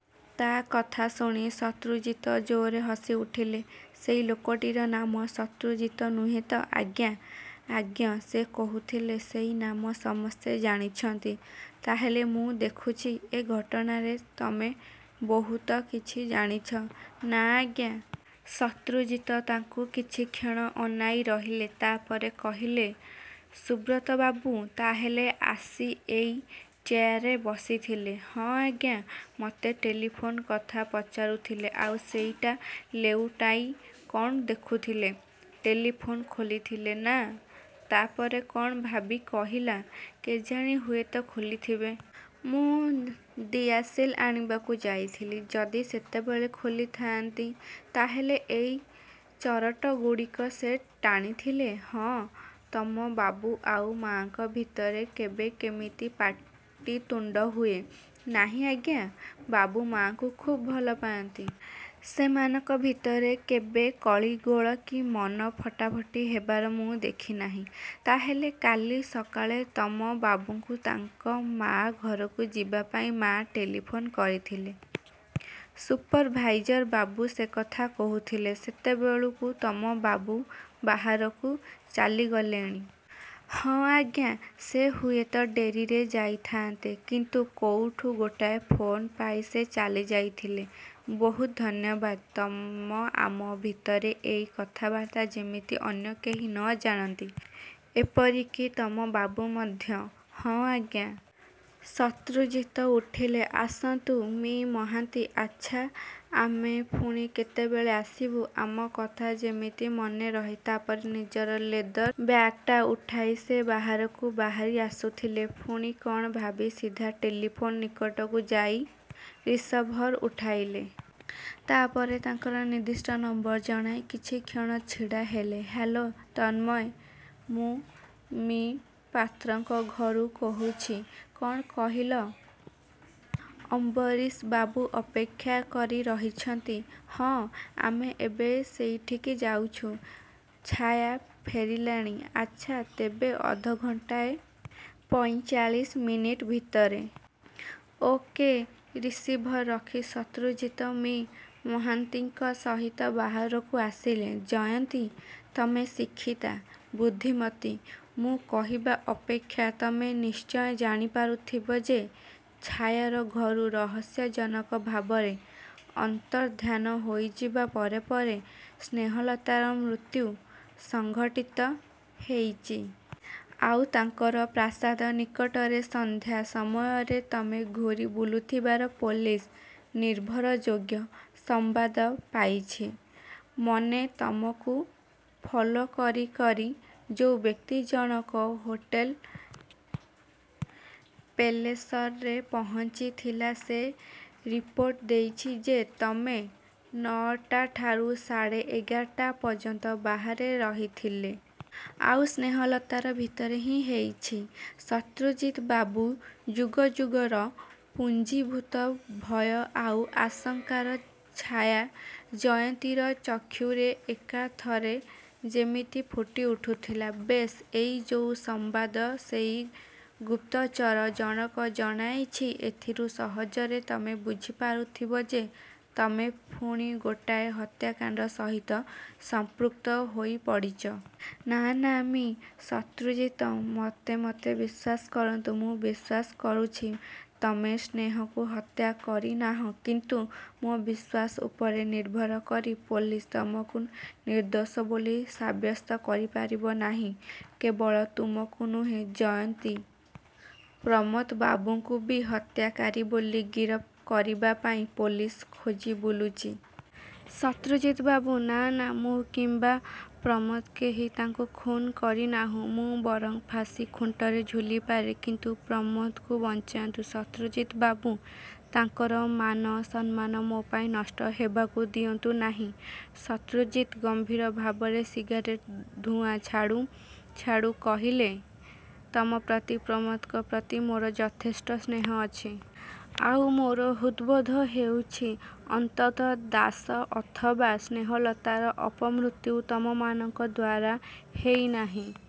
' ତା କଥା ଶୁଣି ଶତ୍ରୁଜିତ ଜୋରରେ ହସିଉଠିଲେ, 'ସେଇ ଲୋକଟିର ନାମ ଶତ୍ରୁଜିତ ନୁହେଁ ତ? ' 'ଆଜ୍ଞା... ଆଜ୍ଞ... ସେ କହୁଥିଲେ, ସେଇ ନାମ ସମସ୍ତେ ଜାଣିଛନ୍ତି। ' 'ତା'ହେଲେ ମୁଁ ଦେଖୁଛି ଏ ଘଟଣାରେ ତମେ ବହୁତ କିଛି ଜାଣିଛ? ' 'ନା, ଆଜ୍ଞା! ' ଶତ୍ରୁଜିତ ତାକୁ କିଛିକ୍ଷଣ ଅନାଇ ରହିଲେ। ତ'ପରେ କହିଲେ, 'ସୁବ୍ରତବାବୁ ତା'ହେଲେ ଆସି ଏଇ ଚେୟାରରେ ବସିଥିଲେ? ' 'ହଁ, ଆଜ୍ଞା! ମୋତେ ଟେଲିଫୋନ କଥା ପଚାରୁଥିଲେ। ଆଉ ସେଇଟା ଲେଉଟାଇ କଣ ଦେଖୁଥିଲେ। ' 'ଟେଲିଫୋନ ଖୋଲିଥିଲେ? ' 'ନା। ' ତା'ପରେ କ'ଣ ଭାବି କହିଲା, 'କେଜାଣି ହୁଏତ ଖୋଲିଥିବେ। ମୁଁ ଦିଆସିଲି ଆଣିବାକୁ ଯାଇଥିଲି। ଯଦି। ସେତେବେଳେ ଖୋଲିଥାଆନ୍ତି। ' 'ତା'ହେଲେ ଏଇ ଚରଟଗୁଡ଼ିକ ସେ ଟାଣିଥିଲେ? ' 'ହଁ। ' 'ତମ ବାବୁ ଆଉ ମାଆଙ୍କ ଭିତରେ କେବେ କେମିତି ପାଟିତୁଣ୍ତ ହୁଏ? ' 'ନାହିଁ ଆଜ୍ଞା, ବାବୁ ମାଆଙ୍କୁ ଖୁବ୍ ଭଲ ପାଆନ୍ତି। ସେମାନଙ୍କ ଭିତରେ କେବେ କଳିଗୋଳ କି ମନ ଫଟାଫଟି ହେବାର ମୁଁ ଦେଖିନାହିଁ। ' 'ତା'ହେଲେ କାଲି ସକାଳେ ତମ ବାବୁଙ୍କୁ ତାଙ୍କ ମା ଘରକୁ ଯିବାପାଇଁ ମା ଟେଲିଫୋନ କରିଥିଲେ? ' 'ସୁପରଭାଇଜରବାବୁ ସେଇକଥା କହୁଥିଲେ। ' 'ସେତେବେଳକୁ ତମ ବାବୁ ବାହାରକୁ ଚାଲିଗଲେଣି? ' 'ହଁ, ଆଜ୍ଞା! ସେ ହୁଏତ ଡେରିରେ ଯାଇଥାଆନ୍ତେ; କିନ୍ତୁ କୋଉଠୁ ଗୋଟିଏ ଫୋନ୍ ପାଇ ସେ ଚାଲିଯାଇଥିଲେ। ' 'ବହୁତ ଧନ୍ୟବାଦ। ତମ ଆମ ଭିତରେ ଏଇ କଥାବାର୍ତ୍ତା ଯେମିତି ଅନ୍ୟ କେହି ନ ଜାଣିନ୍ତି। ଏପରିକି ତମ ବାବୁ ମଧ୍ୟ। ' 'ହଁ, ଆଜ୍ଞା! ' ଶତ୍ରୁଜିତ ଉଠିଲେ, 'ଆସନ୍ତୁ ମି: ମହାନ୍ତି! ଆଚ୍ଛା, ଆମେ ପୁଣି କେତେବେଳେ ଆସିବୁ। ଆମ କଥା ଯେମିତି ମନେ ରହେ। ' ତା'ପରେ ନିଜର ଲେଦର ବ୍ୟାଗ୍ଟା ଉଠାଇ ସେ ବାହାରକୁ ବାହାରିଆସୁଥିଲେ। ପୁଣି କ'ଣ ଭାବି ସିଧା ଟେଲିଫୋନ ନିକଟକୁ ଯାଇ ରିସଭର ଉଠାଇଲେ। ତା'ପରେ ତାଙ୍କର ନିର୍ଦ୍ଦିଷ୍ଟ ନମ୍ବର ଜଣାଇ କିଛିକ୍ଷଣ ଛିଡ଼ା ହେଲେ। 'ହ୍ୟାଲୋ, ତନ୍ମୟ! ମୁଁ ମି: ପାତ୍ରଙ୍କ ଘରୁ କହୁଛି। କ'ଣ କହିଲ, ଅମ୍ବରୀଶବାବୁ ଅପେକ୍ଷା କରି ରହିଛନ୍ତି? ହଁ, ଆମେ ଏବେ ସେଇଠିକି ଯାଉଛୁଁ। ଛାୟା ଫେରିଲାଣି? ଆଚ୍ଛା ତେବେ ଅଧଘଣ୍ଟାଏ ପଇଁଚାଳଶି ମିନଟ ଭିତରେ। ଓ: କେ:' ରିସିଭର ରଖି ଶତ୍ରୁଜିତ ମି: ମହାନ୍ତିଙ୍କ ସହିତ ବାହାରକୁ ଆସିଲେ। 'ଜୟନ୍ତୀ ତମେ ଶିକ୍ଷିତା, ବୁଦ୍ଧିମତୀ। ମୁଁ କହିବା ଅପେକ୍ଷା ତମେ ନିଶ୍ଚୟ ଜାଣିପାରୁଥିବେ ଯେ ଛାୟାର ଘରୁ ରହସ୍ୟଜନକ ଭାବରେ ଅନ୍ତର୍ଦ୍ଧାନ ହେଇଯିବା ପରେ ପରେ ସ୍ନେହଲତାର ମୃତ୍ୟୁ ସଂଘଟିତ ହେଇଚି। ଆଉ ତାଙ୍କର ପ୍ରାସାଦ ନିକଟରେ ସନ୍ଧ୍ୟା ସମୟରେ ତମେ ଘୂରିବୁଲୁଥିବାର ପୋଲିସ ନିର୍ଭର ଯୋଗ୍ୟ ସମ୍ବାଦ ପାଇଛି। ମନେ ତମକୁ ଫଲୋ କରି କରି ଯୋଉ ବ୍ୟକ୍ତିଜଣକ ହୋଟେଲ ପେଲେସରେ ପହଞ୍ଚିଥିଲା ସେ ରିପୋର୍ଟ ଦେଇଛି ଯେ ତମେ ନଅଟାଠାରୁ ସାଢ଼େ ଏଗାରଟା ପର୍ଯ୍ୟନ୍ତ ବାହାରେ ରହିଥିଲେ। ଆଉ ସ୍ନେହଲତାର ଭିତରେ ହିଁ ହେଇଛି। ' 'ଶତ୍ରୁଜିତିବାବୁ! ' ଯୁଗଯୁଗର ପୁଞ୍ଜୀଭୂତ ଭୟ ଆଉ ଆଶଙ୍କାର ଛାୟା ଜୟନ୍ତୀର ଚକ୍ଷୁରେ ଏକାଥରେ ଯେମିତି ଫୁଟିଉଠୁଥିଲା। 'ବେଶ୍, ଏଇ ଯୋଉ ସମ୍ବାଦ ସେଇ ଗୁପ୍ତଚର ଜଣକ ଜଣାଇଛି ଏଥିରୁ ସହଜରେ ତମେ ବୁଝିପାରୁଥିବ ଯେ ତମେ ପୁଣି ଗୋଟିଏ ହତ୍ୟାକାଣ୍ତ ସହିତ ସଂପୃକ୍ତ ହୋଇପଡ଼ିଚ। ' 'ନା, ନା, ମି: ଶତ୍ରୁଜିତ! ମୋତେମୋତେ ବିଶ୍ୱାସ କରନ୍ତୁ। ' 'ମୁଁ ବିଶ୍ୱାସ କରୁଛି, ତମେ ସ୍ନେହକୁ ହତ୍ୟା କରିନାହିଁ। କିନ୍ତୁ ମୋ ବିଶ୍ୱାସ ଉପରେ ନିର୍ଭର କରି ପୋଲିସ ତମକୁ ନିର୍ଦ୍ଦୋଷ ବୋଲି ସାବ୍ୟସ୍ତ କରିପାରିବ ନାହିଁ। କେବଳ ତମକୁ ନୁହେଁ ଜୟନ୍ତୀ, ପ୍ରମୋଦବାବୁଙ୍କୁ ବି ହତ୍ୟାକାରି ବୋଲି ଗିରଫ କରିବାପାଇଁ ପୋଲିସ ଖୋଜି ବୁଲୁଚି। ' 'ଶତ୍ରୁଜିତ ବାବୁ! ନାନା, ମୁଁ କିମ୍ବା ପ୍ରମୋଦ କେହି ତାଙ୍କୁ ଖୁଣ କରିନାହୁଁ। ମୁଁ ବରଂ ଫାଶୀଖୁଣ୍ଟରେ ଝୁଲିପାରେ, କିନ୍ତୁ ପ୍ରମୋଦଙ୍କୁ ବଞ୍ଚାନ୍ତୁ, ଶତ୍ରୁଜିତ ବାବୁ! ତାଙ୍କର ମାନ ସମ୍ମାନ ମୋ ପାଇଁ ନଷ୍ଟ ହେବାକୁ ଦିଅନ୍ତୁ ନାହିଁ। ' ଶତ୍ରୁଜିତ ଗମ୍ଭୀରଭାବରେ ସିଗାରେଟର ଧୂଆଁ ଛାଡ଼ୁ ଛାଡ଼ୁ କହିଲେ, 'ତମ ପ୍ରତି ପ୍ରମୋଦଙ୍କ ପ୍ରତି ମୋର ଯଥେଷ୍ଟ ସ୍ନେହ ଅଛି। ଆଉ ମୋର ହୃଦ୍ବୋଧ ହେଇଛି, ଅନ୍ତନ୍ତ ଦାସ ଅଥବା ସ୍ନେହଲତାର ଅପମୃତ୍ୟୁ ତମମାନଙ୍କ ଦ୍ୱାରା ହେଇନାହିଁ।